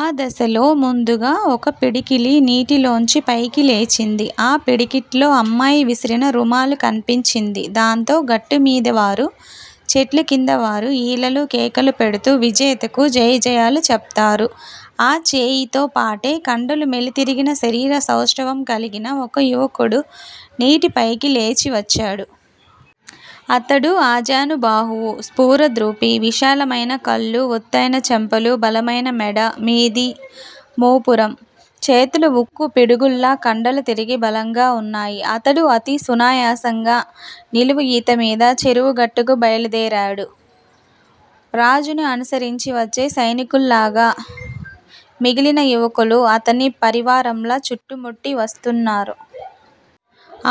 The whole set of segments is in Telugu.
ఆ దశలో ముందుగా ఒక పిడికిలి నీటిలోంచి పైకి లేచింది. ఆ పిడికిట్లో అమ్మాయి విసిరిన రుమాలు కన్పించింది. దాంతో గట్టు మీది వారు చెట్ల క్రింద వారు ఈలలు కేకలు పెడుతూ విజేతకు జయ జయాలు చెప్తారు. ఆ చేయితో పాటే కండలు మెలి తిరిగిన శరీర సౌష్టవం కలిగిన ఒక యువకుడు నీటి పైకి లేచి వచ్చాడు. అతడు ఆజానుబాహువు స్ఫురద్రూపి, విశాలమయిన కళ్ళు, ఒత్తయిన చెంపలు, బలమయిన మెడ మీది మూపురం! చేతులు ఉక్కు పిడుగుల్లా కండలు తిరిగి బలంగా వున్నాయి. అతడు అతి సునాయాసంగా నిలువు ఈత మీద చెరువు గట్టుకు బయలుదేరాడు. రాజుని అనుసరించి వచ్చే సైనికుల లాగా మిగిలిన యువకులు అతని పరివారంలా చుట్టుముట్టి వస్తున్నారు.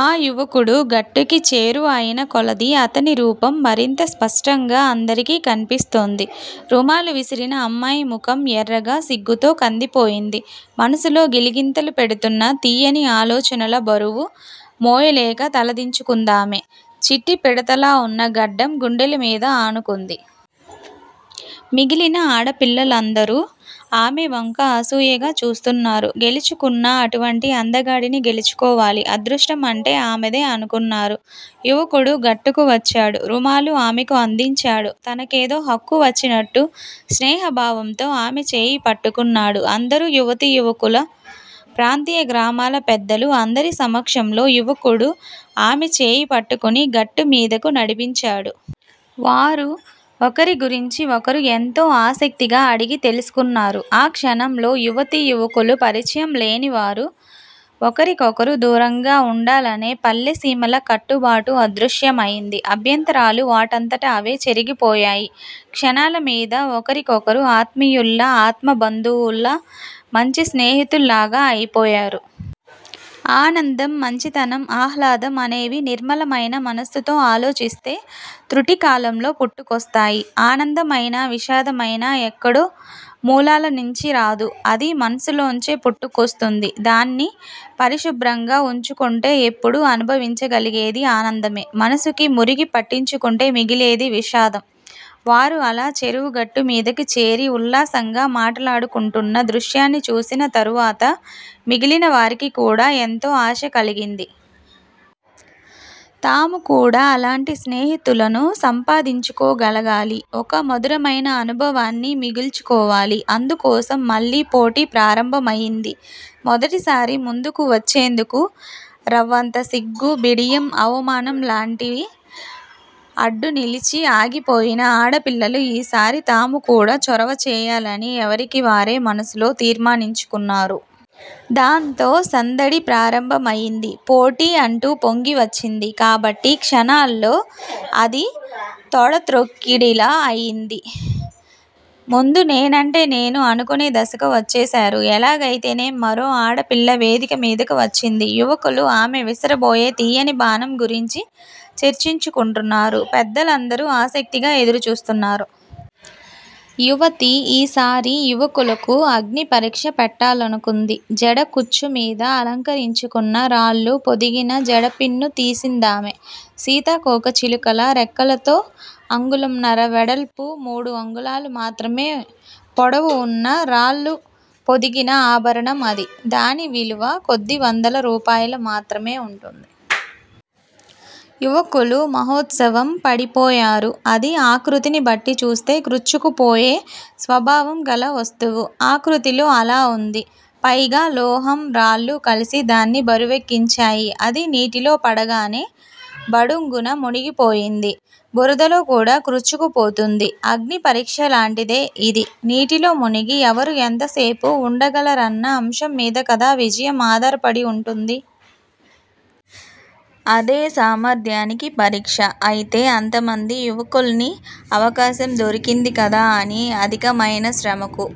ఆ యువకుడు గట్టుకి చేరువ అయిన కొలదీ అతని రూపం మరింత స్పష్టంగా అందరికీ కన్పిస్తోంది. రుమాలు విసిరిన అమ్మాయి ముఖం ఎర్రగా సిగ్గుతో కందిపోయింది. మనసులో గిలిగింతలు పెడుతున్న తీయని ఆలోచనల బరువు మోయలేక తలదించుకుందామె. చిట్టి పిడతలా వున్న గడ్డం గుండెల మీద ఆనుకుంది. మిగిలిన ఆడపిల్లలు అందరూ ఆమె వంక అసూయగా చూస్తున్నారు. గెలుచుకున్నా అటువంటి అందగాడిని గెలుచుకోవాలి. అదృష్టం అంటే ఆమెదే అనుకున్నారు. యువకుడు గట్టుకు వచ్చాడు. రుమాలు ఆమెకు అందించాడు. తనకేదో హక్కు వచ్చినట్టు స్నేహభావంతో ఆమె చేయి పట్టుకున్నాడు. అందరు యువతీ యువకులు ప్రాంతీయ గ్రామాల పెద్దలు అందరి సమక్షంలో యువకుడు ఆమె చేయి పట్టుకుని గట్టుమీదకి నడిపించాడు. వారు ఒకరి గురించి ఒకరు ఎంతో ఆసక్తిగా అడిగి తెలుసుకున్నారు. ఆ క్షణంలో యువతీ యువకులు పరిచయం లేనివారు ఒకరికొకరు దూరంగా వుండాలనే పల్లెసీమల కట్టుబాటు అదృశ్యమయింది. అభ్యంతరాలు వాటంతట అవే చెరిగిపోయాయి! క్షణాల మీద ఒకరికొకరు ఆత్మీయుల్లా ఆప్త బంధువుల్లా మంచి స్నేహితుల్లాగా అయిపోయారు. ఆనందం, మంచితనం, ఆహ్లాదం అనేవి నిర్మలమయిన మనసుతో ఆలోచిస్తే తృటికాలంలో పుట్టుకొస్తాయి. ఆనందమయినా, విషాదమయినా ఎక్కడో మూలలనించి రాదు. అది మనసులోంచే పుట్టుకొస్తుంది. దాన్ని పరిశుభ్రంగా వుంచుకుంటే ఎప్పుడూ అనుభవించగలిగేది ఆనందమే! మనసుకి మురికి పట్టించుకుంటే మిగిలేది విషాదం!! వారు అలా చెరువు గట్టు మీదికి చేరి ఉల్లాసంగా మాటలాడుకుంటున్న దృశ్యాన్ని చూచిన తరువాత మిగిలిన వారికి కూడా ఎంతో ఆశ కలిగింది. తాము కూడా అలాంటి స్నేహితులను సంపాదించుకోగలగాలి! ఒక మధురమయిన అనుభవాన్ని మిగుల్చుకోవాలి! అందుకోసం మళ్ళీ పోటీ ప్రారంభమయింది! మొదటిసారి ముందుకు వచ్చేందుకు రవంత సిగ్గు, బిడియం, అవమానం లాంటివి అడ్డు నిలిచి ఆగిపోయిన ఆడపిల్లలు ఈసారి తాము కూడా చొరవ చేయాలని ఎవరికివారే మనసులో తీర్మానించుకున్నారు. దాంతో సందడి ప్రారంభమయింది. పోటీ అంటూ పొంగి వచ్చింది కాబట్టి క్షణాల్లో అది తొడ త్రొక్కిడిలా అయింది. ముందు నేనంటే నేను అనుకునే దశకు వచ్చేశారు. ఎలాగయితేనేం మరో ఆడపిల్ల వేదిక మీదికి వచ్చింది. యువకులు ఆమె విసరబోయే తీయని బాణం గురించి చర్చించుకుంటున్నారు. పెద్దలందరూ ఆసక్తిగా ఎదురు చూస్తున్నారు. యువతి ఈసారి యువకులకు అగ్నిపరీక్ష పెట్టాలనుకుంది. జడ కుచ్చు మీద అలంకరించుకున్న రాళ్ళు పొదిగిన జడపిన్ను తీసిందామె. సీతాకోక చిలుకలా రెక్కలతో అంగుళంన్నర వెడల్పు మూడు అంగుళాలు మాత్రమే పొడవు ఉన్న రాళ్ళు పొదిగిన ఆభరణం అది! దాని విలువ కొద్ది వందల రూపాయల మాత్రమే ఉంటుంది. యువకులు మహోత్సాహం పడిపోయారు. అది ఆకృతిని బట్టి చూస్తే గ్రుచ్చుకుపోయే స్వభావం కల వస్తువు. ఆకృతిలో అలా ఉంది. పైగా లోహం రాళ్ళు కలిసి దాన్ని బరువెక్కించాయి. అది నీటిలో పడగానే బుడుంగున మునిగిపోతుంది. బురదలో కూడా గ్రుచ్చుకుపోతుంది. అగ్ని పరీక్షలాంటిదే ఇది! నీటిలో మునిగి ఎవరు ఎంతసేపు ఉండగలరన్న అంశం మీద కదా విజయం ఆధారపడి ఉంటుంది. అదే సామర్ధ్యానికి పరీక్ష. అయితే అంతమంది యువకుల్ని అవకాశం దొరికింది కదా అని అధికమయిన శ్రమకు